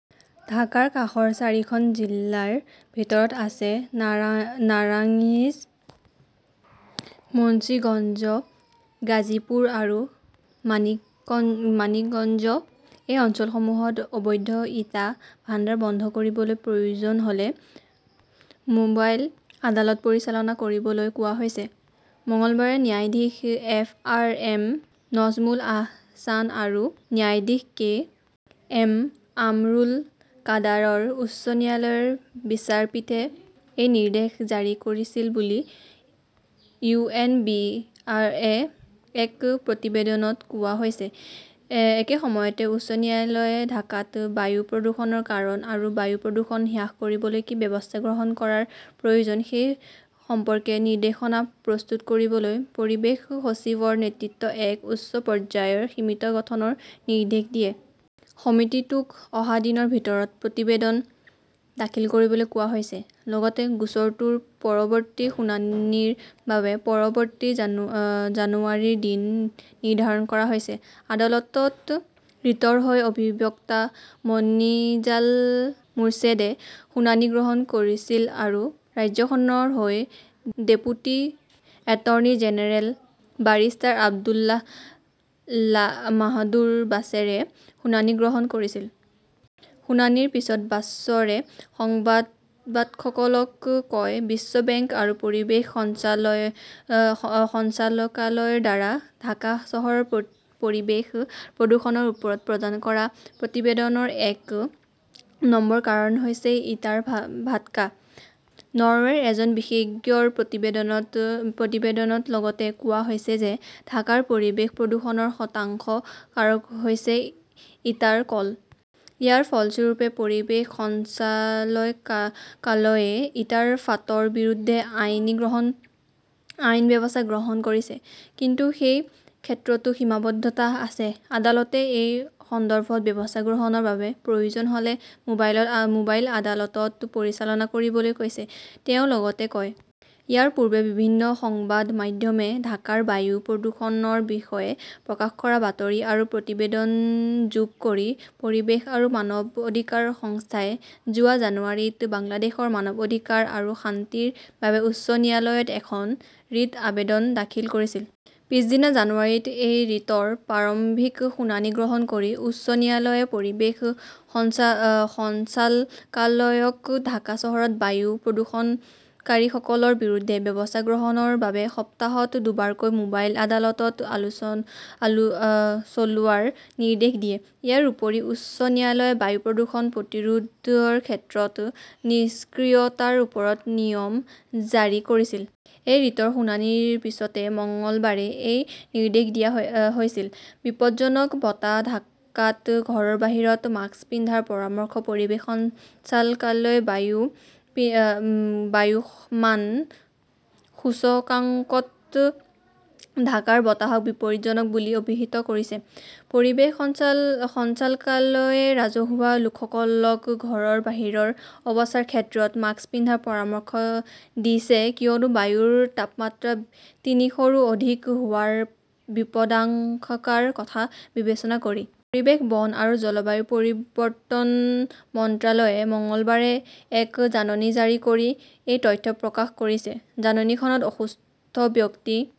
ঢাকাৰ কাষৰ চাৰিখন জিলাৰ ভিতৰত আছে নাৰাংইজ, মুন্সীগঞ্জ, গাজীপুৰ আৰু মানিকগঞ্জ। এই অঞ্চলসমূহত অবৈধ ইটা ভাণ্ডাৰ বন্ধ কৰিবলৈ প্ৰয়োজন হ "লে মোবাইল আদালত পৰিচালনা কৰিবলৈ কোৱা হৈছে। মঙলবাৰে ন্যায়াধীশ F. R. M. Nazmul Ahsan আৰু ন্যায়াধীশ কে. এম. কামৰুল কাদাৰৰ উচ্চ ন্যায়ালয়ৰ বিচাৰপীঠে এই নিৰ্দেশ জাৰি কৰিছিল বুলি ইউ. এন. বি. -ৰ এক প্ৰতিবেদনত কোৱা হৈছে। একে সময়তে, উচ্চ ন্যায়ালয়ে ঢাকাত বায়ু প্ৰদূষণৰ কাৰণ আৰু বায়ু প্ৰদূষণ হ্ৰাস কৰিবলৈ কি ব্যৱস্থা গ্ৰহণ কৰাৰ প্ৰয়োজন সেই সম্পৰ্কে নিৰ্দেশনা প্ৰস্তুত কৰিবলৈ পৰিৱেশ সচিবৰ নেতৃত্বত এক উচ্চ পৰ্যায়ৰ সমিতি গঠনৰ নিৰ্দেশ দিয়ে। সমিতিটোক অহা দিনৰ ভিতৰত প্ৰতিবেদন দাখিল কৰিবলৈ কোৱা হৈছে। লগতে গোচৰটোৰ পৰৱৰ্তী শুনানিৰ বাবে পৰৱৰ্তী জানুৱাৰীৰ দিন নিৰ্ধাৰণ কৰা হৈছে। আদালতত ৰিটৰ হৈ অধিবক্তা মনিজাল মোৰ্ছেদে শুনানি গ্ৰহণ কৰিছিল আৰু ৰাজ্যখনৰ হৈ deputy attorney general barrister Abdullah Al Mahmud বাছাৰে শুনানি গ্ৰহণ কৰিছিল। শুনানিৰ পিছত বাশ্বৰে সংবাদদাতাসকলক কয়, "বিশ্ব বেংক আৰু পৰিৱেশ সঞ্চালকালয়ৰ দ্বাৰা ঢাকা চহৰৰ পৰিৱেশ প্ৰদূষণৰ ওপৰত প্ৰদান কৰা প্ৰতিবেদনৰ এক নম্বৰ কাৰণ হৈছে ইটাৰ ভাটকা। নৰৱেৰ এজন বিশেষজ্ঞৰ প্ৰতিবেদনত লগতে কোৱা হৈছে যে ঢাকাৰ পৰিৱেশ প্ৰদূষণৰ শতাংশ কাৰক হৈছে ইটাৰ কল। "ইয়াৰ ফলস্বৰূপে পৰিৱেশ সঞ্চালকালয়ই ইটাৰ ফাঁটৰ বিৰুদ্ধে আইনী ব্যৱস্থা গ্ৰহণ কৰিছে। কিন্তু সেই ক্ষেত্ৰতো সীমাবদ্ধতা আছে। আদালতে এই সন্দৰ্ভত ব্যৱস্থা গ্ৰহণৰ বাবে প্ৰয়োজন হ "লে মোবাইল আদালত পৰিচালনা কৰিবলৈ কৈছিল", তেওঁ লগতে কয়। ইয়াৰ পূৰ্বে, বিভিন্ন সংবাদ মাধ্যমে ঢাকাৰ বায়ু প্ৰদূষণৰ বিষয়ে প্ৰকাশ কৰা বাতৰি আৰু প্ৰতিবেদন যোগ কৰি পৰিৱেশ আৰু মানৱ অধিকাৰ সংস্থাই যোৱা জানুৱাৰীত বাংলাদেশৰ মানৱ অধিকাৰ আৰু শান্তিৰ বাবে উচ্চ ন্যায়ালয়ত এখন ৰিট আবেদন দাখিল কৰিছিল। পিছদিনা জানুৱাৰীত এই ৰিটৰ প্ৰাৰম্ভিক শুনানি গ্ৰহণ কৰি উচ্চ ন্যায়ালয়ে পৰিৱেশ সঞ্চালকালয়ক ঢাকা চহৰত বায়ু প্ৰদূষণকাৰীসকলৰ বিৰুদ্ধে ব্যৱস্থা গ্ৰহণৰ বাবে সপ্তাহত দুবাৰকৈ মোবাইল আদালত চলোৱাৰ নিৰ্দেশ দিয়ে। ইয়াৰ উপৰিও, উচ্চ ন্যায়ালয়ে বায়ু প্ৰদূষণ প্ৰতিৰোধৰ ক্ষেত্ৰত নিষ্ক্ৰিয়তাৰ ওপৰত নিয়ম জাৰি কৰিছিল। এই ৰিটৰ শুনানিৰ পিছতে মঙলবাৰে এই নিৰ্দেশ দিয়া হৈছিল। বিপদজনক বতাহঃ ঢাকাত ঘৰৰ বাহিৰত মাস্ক পিন্ধাৰ পৰামৰ্শ পৰিৱেশ সঞ্চালকালয়ই বায়ু মান সূচকাংকত ঢাকাৰ বতাহক বিপদজনক বুলি অভিহিত কৰিছে। পৰিৱেশ সঞ্চালকালয়ই ৰাজহুৱা লোকসকলক ঘৰৰ বাহিৰৰ অৱস্থানৰ ক্ষেত্ৰত মাস্ক পিন্ধাৰ পৰামৰ্শ দিছে কিয়নো বায়ুৰ তাপমাত্ৰা তিনিশৰো অধিক হোৱাৰ বিপদাশংকাৰ কথা বিবেচনা কৰি। পৰিৱেশ, বন আৰু জলবায়ু পৰিৱৰ্তন মন্ত্ৰালয়ে মঙলবাৰে এক জাননী জাৰি কৰি এই তথ্য প্ৰকাশ কৰিছে। জাননীখনত অসুস্থ ব্যক্তি,